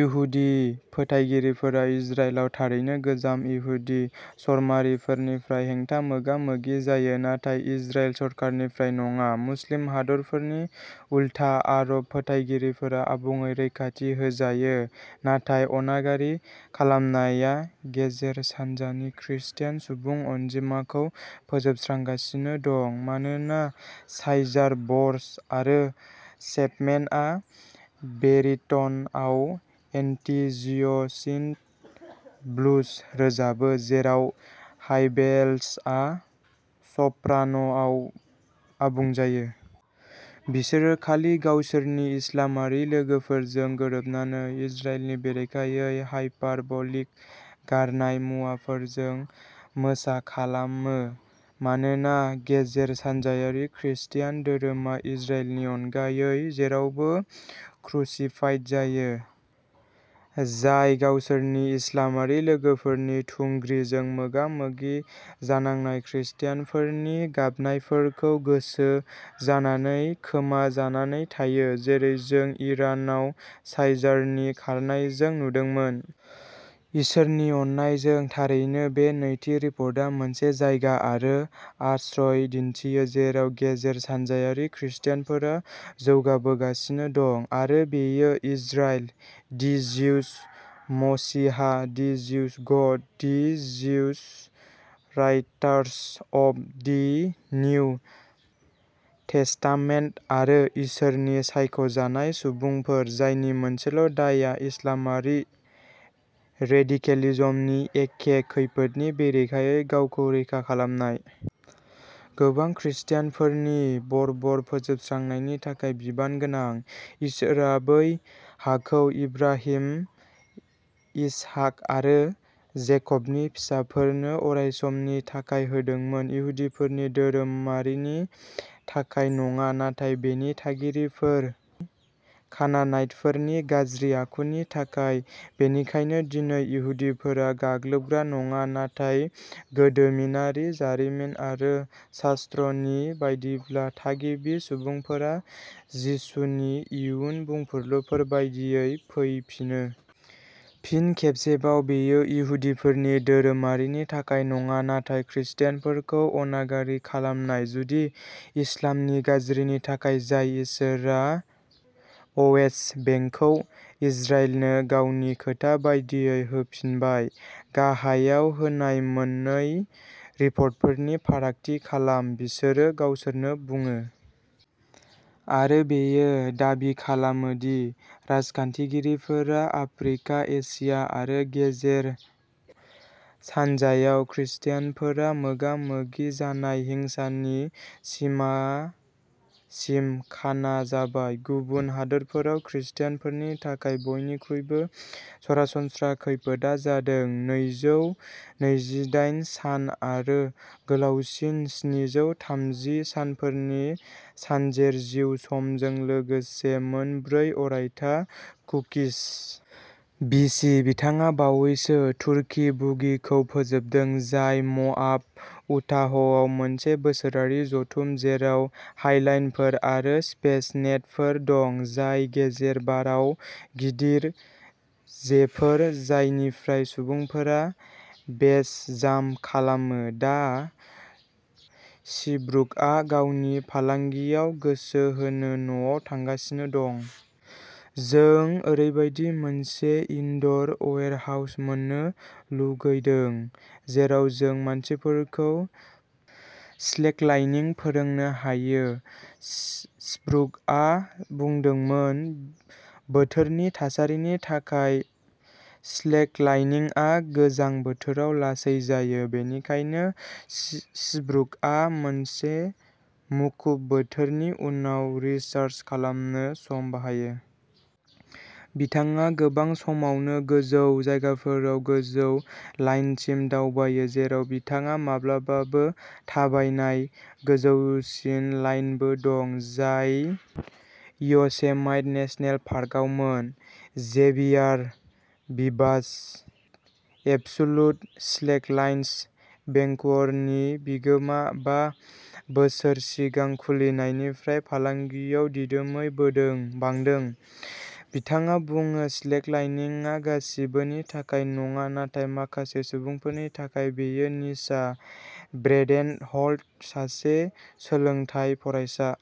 इहुदि फोथायगिरिफोरा इजराइलाव थारैनो गोजाम इहुदि चरमारिफोरनिफ्राय हेंथा मोगा-मोगि जायो, नाथाय इजराइल सरखारनिफ्राय नङा। मुस्लिम हादरफोरनि उलथा, आरब फोथायगिरिफोरा आबुङै रैखाथि होजायो। नाथाय अनागारि खालामनाया गेजेर सानजानि ख्रिस्टियान सुबुं अनजिमाखौ फोजोबस्रांगासिनो दं मानोना साइजार, बर्ज आरो चेपमेनआ बेरिट'नआव एन्टि-जिय'निस्ट ब्लुज रोजाबो, जेराव हाइबेल्सआ सप्रान'आव आबुं जायो। बिसोरो खालि गावसोरनि इस्लामारि लोगोफोरजों गोरोबनानै इजराइलनि बेरेखायै हायपारबलिक गारनाय मुवाफोरजों मोसाखालामो, मानोना गेजेर सानजायारि ख्रिस्टियान धोरोमा इजराइलनि अनगायै जेरावबो क्रुसिफाइड जायो, जाय गावसोरनि इस्लामारि लोगोफोरनि थुंग्रिजों मोगा-मोगि जानांनाय ख्रिस्टियानफोरनि गाबनायफोरखौ गोसो जानानै खोमा जानानै थायो, जेरै जों इरानाव साइजारनि खारनायजों नुदोंमोन। इसोरनि अननायजों, थारैनो बे नैथि रिपर्टआ मोनसे जायगा आरो आश्रय दिन्थियो जेराव गेजेर सानजायारि ख्रिस्टियानफोरा जौगाबोगासिनो दं, आरो बेयो इजराइल-दि जिउस मसिहा, दि जिउस गड, the Jews writers of the New Testament, आरो इसोरनि सायख'जानाय सुबुंफोर जायनि मोनसेल' दायआ इस्लामारि रेडिकेलिजमनि एखे खैफोदनि बेरेखायै गावखौ रैखा खालामनाय। गोबां ख्रिस्टियानफोरनि बर्बर फोजोबस्रांनायनि थाखाय बिबान गोनां। इसोरआ बै हाखौ इब्राहिम, इसहाक आरो जेकबनि फिसाफोरनो अरायसमनि थाखाय होदोंमोन इहुदिफोरनि धोरोमारिनि थाखाय नङा नाथाय बेनि थागिरिफोर कानानाइटफोरनि गाज्रि आखुनि थाखाय। बेनिखायनो दिनै, इहुदिफोरा गाग्लोबग्रा नङा नाथाय गोदोमिनारि, जारिमिन आरो शास्त्रनि बायदिब्ला थागिबि सुबुंफोरा जिसुनि इयुन बुंफुरलुफोर बायदियै फैफिनो। फिन खेबसेबाव, बेयो इहुदिफोरनि धोरोमारिनि थाखाय नङा नाथाय ख्रिस्टियानफोरखौ अनागारि खालामनाय गुदि इस्लामनि गाज्रिनि थाखाय, जाय इसोरआ अवेस्ट बेंकखौ इजराइलनो गावनि खोथा बायदियै होफिनबाय। गाहायाव होनाय मोननै रिपर्टफोरनि फारागथि खालाम बिसोरो गावसोरनो बुङो। आरो बेयो दाबि खालामोदि राजखान्थिगिरिफोरा आफ्रिका, एसिया आरो गेजेर सानजायावख्रिस्टियानफोरा मोगा-मोगि जानाय हिंसानि सिमासिम "खाना" जाबाय। गुबुन हादोरफोराव ख्रिस्टियानफोरनि थाखाय बयनिख्रुइबो सरासनस्रा खैफोदआ जादों नैजौ नैजिदाइन सान आरो गोलावसिन स्निजौ थामजि सानफोरनि सानजेर जिउ समजों लोगोसे मोन ब्रै अरायथा कुकिस। बि. सि. बिथाङा बावैसो "तुर्की बुगी" खौ फोजोबदों, जाय म'आब, उटाहआव मोनसे बोसोरारि जथुम, जेराव हाइलाइनफोर आरो स्पेस नेटफोर दं, जाय गेजेर बाराव गिदिर जेफोर जायनिफ्राय सुबुंफोरा बेस जाम्प खालामो। दा, सिब्रुकआ गावनि फालांगियाव गोसो होनो न'आव थांगासिनो दं। जों ओरैबायदि मोनसे इनड'र अयेरहाउस मोननो लुगैदों जेराव जों मानसिफोरखौ स्लेकलाइनिं फोरोंनो हायो सिब्रुकआ बुंदोंमोन। बोथोरनि थासारिनि थाखाय स्लेकलाइनिंआ गोजां बोथोराव लासै जायो, बेनिखायनो सि सिब्रुकआ मोनसे मुखुब बोथोरनि उनाव रिचार्ज खालामनो सम बाहायो। बिथाङा गोबां समावनो गोजौ जायगाफोराव गोजौ लाइनसिम दावबायो, जेराव बिथाङा माब्लाबाबो थाबायनाय गोजौसिन लाइनबो दं, जाय य'सेमाइट नेसनेल पार्कआवमोन। जेभियार भिभास, एबसुलुट स्लेकलाइन्स भेंकुवरनि बिगोमा, बा बोसोर सिगां खुलिनायनिफ्राय फालांगियाव दिदोमै बोदों बांदों। बिथाङा बुङो स्लेकलाइनिंआ गासिबोनि थाखाय नङा, नाथाय माखासे सुबुंफोरनि थाखाय, बेयो निसा। ब्रेडेन हल्ट, सासे सोलोंथाय फरायसा।